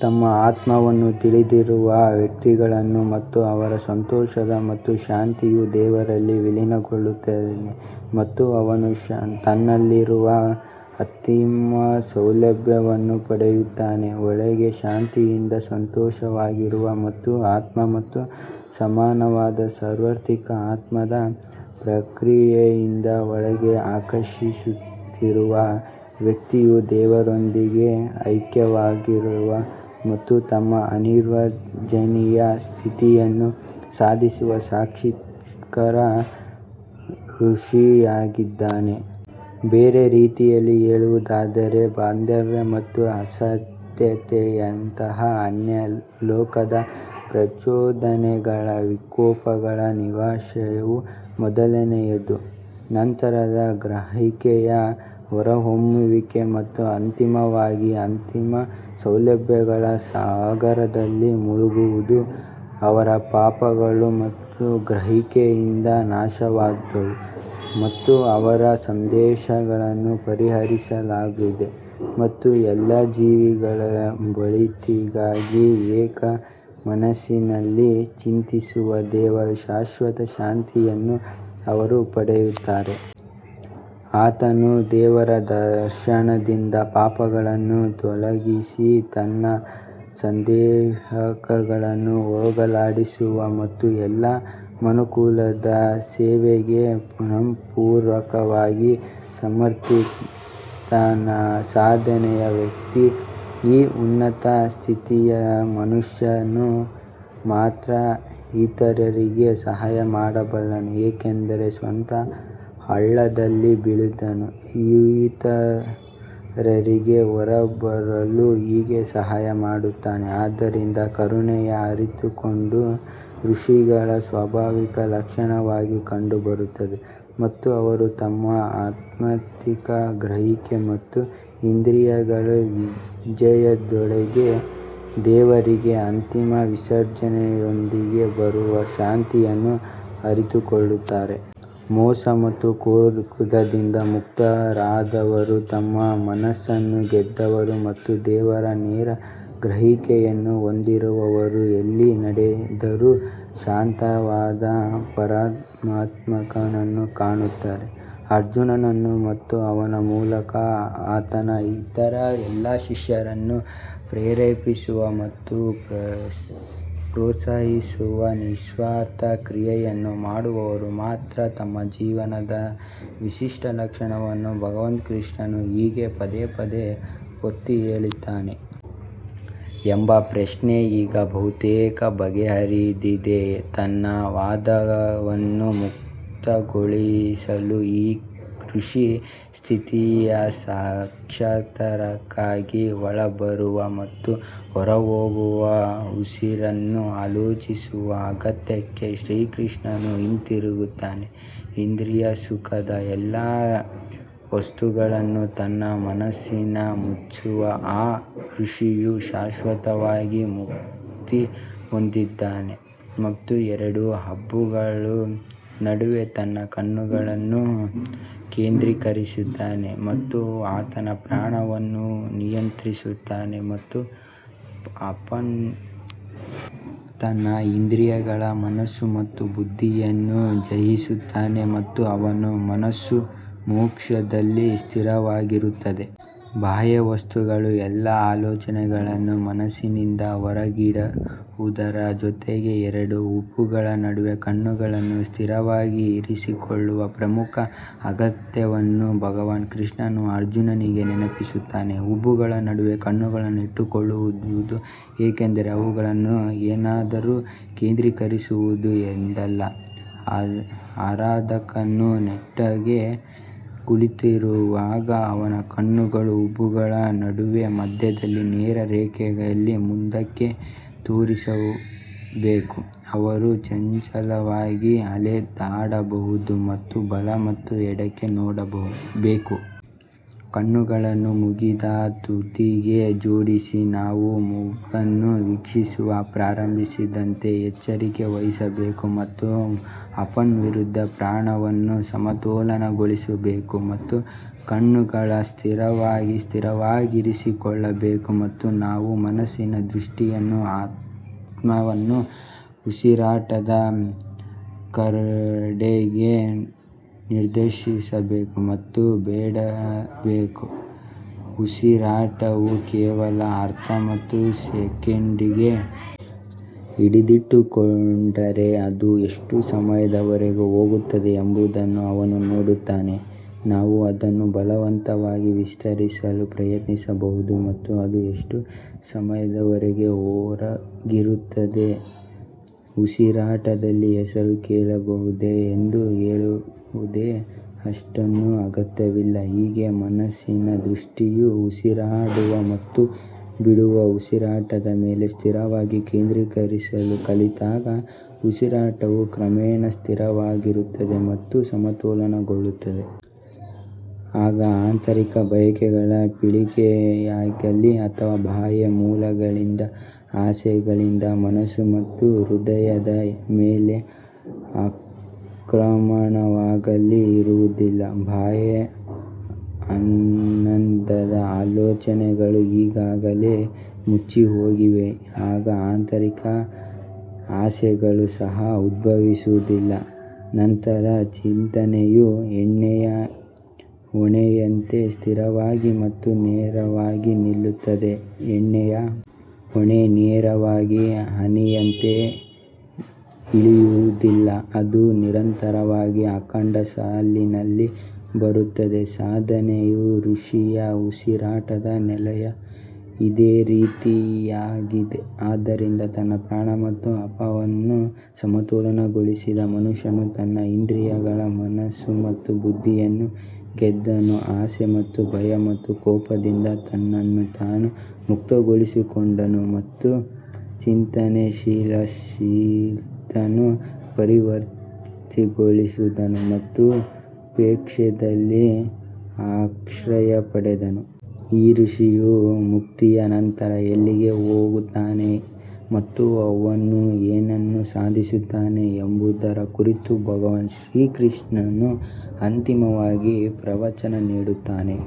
ತನ್ನ ಆತ್ಮವನ್ನು ತಿಳಿದಿರುವ ಮನುಷ್ಯನು ಮತ್ತು ಅವನ ಸಂತೋಷ ಮತ್ತು ಶಾಂತಿಯು ದೇವರಲ್ಲಿ ವಿಲೀನಗೊಳ್ಳುತ್ತಾನೆ ಮತ್ತು ಅವನು ತನ್ನಲ್ಲಿರುವ ಅಂತಿಮ ಸೌಭಾಗ್ಯವನ್ನು ಪಡೆಯುತ್ತಾನೆ. ಒಳಗೆ ಶಾಂತಿಯಿಂದ ಸಂತೋಷವಾಗಿರುವ ಮತ್ತು ಆತ್ಮ ಮತ್ತು ಸಮಾನವಾದ ಸಾರ್ವತ್ರಿಕ ಆತ್ಮದ ಗ್ರಹಿಕೆಯಿಂದ ಒಳಗೆ ಪ್ರಕಾಶಿಸುತ್ತಿರುವ ವ್ಯಕ್ತಿಯು ದೇವರೊಂದಿಗೆ ಐಕ್ಯವಾಗಿರುವ ಮತ್ತು ತನ್ನ ಅನಿರ್ವಚನೀಯ ಸ್ಥಿತಿಯನ್ನು ಸಾಧಿಸುವ ಸಾಕ್ಷಾತ್ಕಾರ ಋಷಿಯಾಗಿದ್ದಾನೆ. ಬೇರೆ ರೀತಿಯಲ್ಲಿ ಹೇಳುವುದಾದರೆ, ಬಾಂಧವ್ಯ ಮತ್ತು ಅಸಹ್ಯತೆಯಂತಹ ಅನ್ಯಲೋಕದ ಪ್ರಚೋದನೆಗಳ ವಿರೂಪಗಳ ವಿನಾಶವು ಮೊದಲನೆಯದು, ನಂತರ ಗ್ರಹಿಕೆಯ ಹೊರಹೊಮ್ಮುವಿಕೆ ಮತ್ತು ಅಂತಿಮವಾಗಿ ಅಂತಿಮ ಸೌಭಾಗ್ಯದ ಸಾಗರದಲ್ಲಿ ಮುಳುಗುವುದು. ಅವರ ಪಾಪಗಳು ಗ್ರಹಿಕೆಯಿಂದ ನಾಶವಾದವು ಮತ್ತು ಅವರ ಸಂದೇಹಗಳನ್ನು ಪರಿಹರಿಸಲಾಗುತ್ತದೆ ಮತ್ತು ಎಲ್ಲಾ ಜೀವಿಗಳ ಒಳಿತಿಗಾಗಿ ಏಕ ಮನಸ್ಸಿನಿಂದ ಚಿಂತಿಸುವ ದೇವರ ಶಾಶ್ವತ ಶಾಂತಿಯನ್ನು ಅವರು ಪಡೆಯುತ್ತಾರೆ. ಆತನು ದೇವರ ದರ್ಶನದಿಂದ ಪಾಪಗಳನ್ನು ತೊಲಗಿಸಿ ತನ್ನ ಸಂದೇಹಗಳನ್ನು ಹೋಗಲಾಡಿಸಿರುವ ಮತ್ತು ಎಲ್ಲ ಮಾನವಕುಲದ ಸೇವೆಗೆ ಮನಃಪೂರ್ವಕವಾಗಿ ಸಮರ್ಪಿತನಾದ ಸಾಧನೆಯ ವ್ಯಕ್ತಿ. ಈ ಉನ್ನತ ಸ್ಥಿತಿಯ ಮನುಷ್ಯನು ಮಾತ್ರ ಇತರರಿಗೆ ಸಹಾಯ ಮಾಡಬಲ್ಲನು ಏಕೆಂದರೆ ಸ್ವತಃ ಹಳ್ಳದಲ್ಲಿ ಬಿದ್ದವನು ಇತರರಿಗೆ ಹೊರಬರಲು ಹೇಗೆ ಸಹಾಯ ಮಾಡುತ್ತಾನೆ ಆದ್ದರಿಂದ ಕರುಣೆಯು ಅರಿತುಕೊಂಡ ಋಷಿಗಳ ಸ್ವಾಭಾವಿಕ ಲಕ್ಷಣವಾಗಿ ಕಂಡುಬರುತ್ತದೆ ಮತ್ತು ಅವರು ತಮ್ಮ ಆಧ್ಯಾತ್ಮಿಕ ಗ್ರಹಿಕೆ ಮತ್ತು ಇಂದ್ರಿಯಗಳ ವಿಜಯದೊಂದಿಗೆ ದೇವರಲ್ಲಿ ಅಂತಿಮ ವಿಸರ್ಜನೆಯೊಂದಿಗೆ ಬರುವ ಶಾಂತಿಯನ್ನು ಅರಿತುಕೊಳ್ಳುತ್ತಾರೆ. ಮೋಹ ಮತ್ತು ಕ್ರೋಧದಿಂದ ಮುಕ್ತರಾದವರು ತಮ್ಮ ಮನಸ್ಸನ್ನು ಗೆದ್ದವರು ಮತ್ತು ದೇವರ ನೇರ ಗ್ರಹಿಕೆಯನ್ನು ಹೊಂದಿರುವವರು ಎಲ್ಲಿ ನೋಡಿದರೂ ಶಾಂತವಾದ ಪರಮಾತ್ಮನನ್ನು ಕಾಣುತ್ತಾರೆ. ಅರ್ಜುನನನ್ನು ಮತ್ತು ಅವನ ಮೂಲಕ ಅವನ ಇತರ ಎಲ್ಲ ಶಿಷ್ಯರನ್ನು ಪ್ರೇರೇಪಿಸಲು ಮತ್ತು ಪ್ರೋತ್ಸಾಹಿಸಲು ನಿಸ್ವಾರ್ಥ ಕ್ರಿಯೆಯನ್ನು ಮಾಡುವವರ ಪಾತ್ರ ಮತ್ತು ಜೀವನದ ವಿಶಿಷ್ಟ ಲಕ್ಷಣಗಳನ್ನು ಭಗವಾನ್ ಕೃಷ್ಣನು ಹೀಗೆ ಪದೇ ಪದೇ ಒತ್ತಿಹೇಳುತ್ತಾನೆ. ಎಂಬ ಪ್ರಶ್ನೆ ಈಗ ಬಹುತೇಕ ಬಗೆಹರಿದಿದೆ ತನ್ನ ವಾದವನ್ನು ಮುಕ್ತಾಯಗೊಳಿಸಲು, ಈ ಋಷಿ ಸ್ಥಿತಿಯ ಸಾಕ್ಷಾತ್ಕಾರಕ್ಕಾಗಿ ಒಳಬರುವ ಮತ್ತು ಹೊರಹೋಗುವ ಉಸಿರನ್ನು ಆಲೋಚಿಸುವ ಅಗತ್ಯಕ್ಕೆ ಶ್ರೀಕೃಷ್ಣನು ಹಿಂತಿರುಗುತ್ತಾನೆ. ಇಂದ್ರಿಯ ಸುಖದ ಎಲ್ಲಾ ವಸ್ತುಗಳನ್ನು ತನ್ನ ಮನಸ್ಸಿನಿಂದ ಮುಚ್ಚುವ ಆ ಋಷಿಯು ಶಾಶ್ವತವಾಗಿ ಮುಕ್ತಿ ಹೊಂದುತ್ತಾನೆ ಮತ್ತು ಎರಡು ಹುಬ್ಬುಗಳ ನಡುವೆ ತನ್ನ ಕಣ್ಣುಗಳನ್ನು ಕೇಂದ್ರೀಕರಿಸುತ್ತಾನೆ ಮತ್ತು ಅವನ ಪ್ರಾಣವನ್ನು ನಿಯಂತ್ರಿಸುತ್ತಾನೆ ಮತ್ತು ಅಪಾನ್ ತನ್ನ ಇಂದ್ರಿಯಗಳ ಮನಸ್ಸು ಮತ್ತು ಬುದ್ಧಿಯನ್ನು ಜಯಿಸುತ್ತಾನೆ ಮತ್ತು ಅವನ ಮನಸ್ಸು ಮೋಕ್ಷದಲ್ಲಿ ಸ್ಥಿರವಾಗಿರುತ್ತದೆ. ಬಾಹ್ಯ ವಸ್ತುಗಳ ಎಲ್ಲಾ ಆಲೋಚನೆಗಳನ್ನು ಮನಸ್ಸಿನಿಂದ ಹೊರಗಿಡುವುದರ ಜೊತೆಗೆ ಎರಡು ಹುಬ್ಬುಗಳ ನಡುವೆ ಕಣ್ಣುಗಳನ್ನು ಸ್ಥಿರವಾಗಿ ಇರಿಸಿಕೊಳ್ಳುವ ಪ್ರಮುಖ ಅಗತ್ಯವನ್ನು ಭಗವಾನ್ ಕೃಷ್ಣನು ಅರ್ಜುನನಿಗೆ ನೆನಪಿಸುತ್ತಾನೆ. ಹುಬ್ಬುಗಳ ನಡುವೆ ಕಣ್ಣುಗಳನ್ನು ಇಟ್ಟುಕೊಳ್ಳುವುದು ಎಂದರೆ ಅವುಗಳನ್ನು ಏನನ್ನಾದರೂ ಕೇಂದ್ರೀಕರಿಸುವುದು ಎಂದಲ್ಲ ಆರಾಧಕನು ನೆಟ್ಟಗೆ ಕುಳಿತಿರುವಾಗ ಅವನ ಕಣ್ಣುಗಳು ಹುಬ್ಬುಗಳ ನಡುವಿನ ಮಧ್ಯದಿಂದ ನೇರ ರೇಖೆಯಲ್ಲಿ ಮುಂದಕ್ಕೆ ತೋರಿಸಬೇಕು, ಅವರು ಚಂಚಲವಾಗಿ ಅಲೆದಾಡಬಾರದು ಮತ್ತು ಬಲ ಮತ್ತು ಎಡಕ್ಕೆ ನೋಡಬೇಕು. ಕಣ್ಣುಗಳನ್ನು ಮೂಗಿನ ತುದಿಗೆ ಜೋಡಿಸಿ, ನಾವು ಮೂಗನ್ನು ವೀಕ್ಷಿಸಲು ಪ್ರಾರಂಭಿಸದಂತೆ ಎಚ್ಚರಿಕೆ ವಹಿಸಬೇಕು ಮತ್ತು ಅಪಾನ್ ವಿರುದ್ಧ ಪ್ರಾಣವನ್ನು ಸಮತೋಲನಗೊಳಿಸಬೇಕು ಮತ್ತು ಕಣ್ಣುಗಳನ್ನು ಸ್ಥಿರವಾಗಿ ಸ್ಥಿರವಾಗಿರಿಸಿಕೊಳ್ಳಬೇಕು ಮತ್ತು ನಾವು ಮನಸ್ಸಿನ ದೃಷ್ಟಿಯನ್ನು ಆತ್ಮವನ್ನು ಉಸಿರಾಟದ ಕಡೆಗೆ ನಿರ್ದೇಶಿಸಬೇಕು ಮತ್ತು ಬಿಡಬೇಕು. ಉಸಿರಾಟವು ಕೇವಲ ಅರ್ಧ ಸೆಕೆಂಡಿಗೆ ಹಿಡಿದಿಟ್ಟುಕೊಂಡರೆ ಅದು ಎಷ್ಟು ಸಮಯದವರೆಗೆ ಹೋಗುತ್ತದೆ ಎಂಬುದನ್ನು ಅವನು ನೋಡುತ್ತಾನೆ, ನಾವು ಅದನ್ನು ಬಲವಂತವಾಗಿ ವಿಸ್ತರಿಸಲು ಪ್ರಯತ್ನಿಸಬಾರದು ಮತ್ತು ಅದು ಎಷ್ಟು ಸಮಯದವರೆಗೆ ಹೊರಗಿರುತ್ತದೆ ಉಸಿರಾಟದಲ್ಲಿ ಹೆಸರು ಕೇಳಿಬರುತ್ತದೆ ಎಂದು ಹೇಳುವುದು ಅಷ್ಟೇನೂ ಅಗತ್ಯವಿಲ್ಲ ಹೀಗೆ ಮನಸ್ಸಿನ ದೃಷ್ಟಿಯು ಉಸಿರಾಡುವ ಮತ್ತು ಬಿಡುವ ಉಸಿರಾಟದ ಮೇಲೆ ಸ್ಥಿರವಾಗಿ ಕೇಂದ್ರೀಕರಿಸಲು ಕಲಿತಾಗ, ಉಸಿರಾಟವು ಕ್ರಮೇಣ ಸ್ಥಿರವಾಗಿರುತ್ತದೆ ಮತ್ತು ಸಮತೋಲನಗೊಳ್ಳುತ್ತದೆ. ಆಗ ಆಂತರಿಕ ಬಯಕೆಗಳ ಪೀಳಿಗೆಯಾಗಲೀ ಅಥವಾ ಬಾಹ್ಯ ಮೂಲಗಳಿಂದ ಆಸೆಗಳಿಂದ ಮನಸ್ಸು ಮತ್ತು ಹೃದಯದ ಮೇಲೆ ಆಕ್ರಮಣವಾಗಲೀ ಇರುವುದಿಲ್ಲ. ಬಾಹ್ಯ ಆನಂದದ ಆಲೋಚನೆಗಳು ಈಗಾಗಲೇ ಮುಚ್ಚಿಹೋಗಿವೆ ಈಗ ಆಂತರಿಕ ಆಸೆಗಳು ಸಹ ಉದ್ಭವಿಸುವುದಿಲ್ಲ ನಂತರ ಚಿಂತನೆಯು ಎಣ್ಣೆಯ ಹೊಳೆಯಂತೆ ಸ್ಥಿರವಾಗಿ ಮತ್ತು ನೇರವಾಗಿ ನಿಲ್ಲುತ್ತದೆ ಎಣ್ಣೆಯ ಹೊಳೆ ನೀರಿನ ಹನಿಯಂತೆ ಇಳಿಯುವುದಿಲ್ಲ, ಅದು ನಿರಂತರವಾದ ಅಖಂಡ ಸಾಲಿನಲ್ಲಿ ಬರುತ್ತದೆ ಸಾಧನೆಯ ಋಷಿಯ ಉಸಿರಾಟದ ಚಲನೆಯು ಇದೇ ರೀತಿಯದ್ದಾಗಿದೆ ಆದ್ದರಿಂದ ತನ್ನ ಪ್ರಾಣ ಮತ್ತು ಅಪಾನವನ್ನು ಸಮತೋಲನಗೊಳಿಸಿದ ಮನುಷ್ಯನು ತನ್ನ ಇಂದ್ರಿಯಗಳ ಮನಸ್ಸು ಮತ್ತು ಬುದ್ಧಿಯನ್ನು ಗೆದ್ದನು ಆಸೆ ಮತ್ತು ಭಯ ಮತ್ತು ಕೋಪದಿಂದ ತನ್ನನ್ನು ತಾನು ಮುಕ್ತಗೊಳಿಸಿಕೊಂಡನು ಮತ್ತು ಚಿಂತನಶೀಲ ಶಿಸ್ತನ್ನು ಪರಿಪೂರ್ಣಗೊಳಿಸಿದನು ಮತ್ತು ಮೋಕ್ಷದಲ್ಲಿ ಆಶ್ರಯ ಪಡೆದನು. ಈ ಋಷಿಯು ಮುಕ್ತಿಯ ನಂತರ ಎಲ್ಲಿಗೆ ಹೋಗುತ್ತಾನೆ ಮತ್ತು ಅವನು ಏನನ್ನು ಸಾಧಿಸುತ್ತಾನೆ ಎಂಬುದರ ಕುರಿತು ಭಗವಾನ್ ಕೃಷ್ಣನು ಅಂತಿಮವಾಗಿ ಪ್ರವಚನ ನೀಡುತ್ತಾನೆ.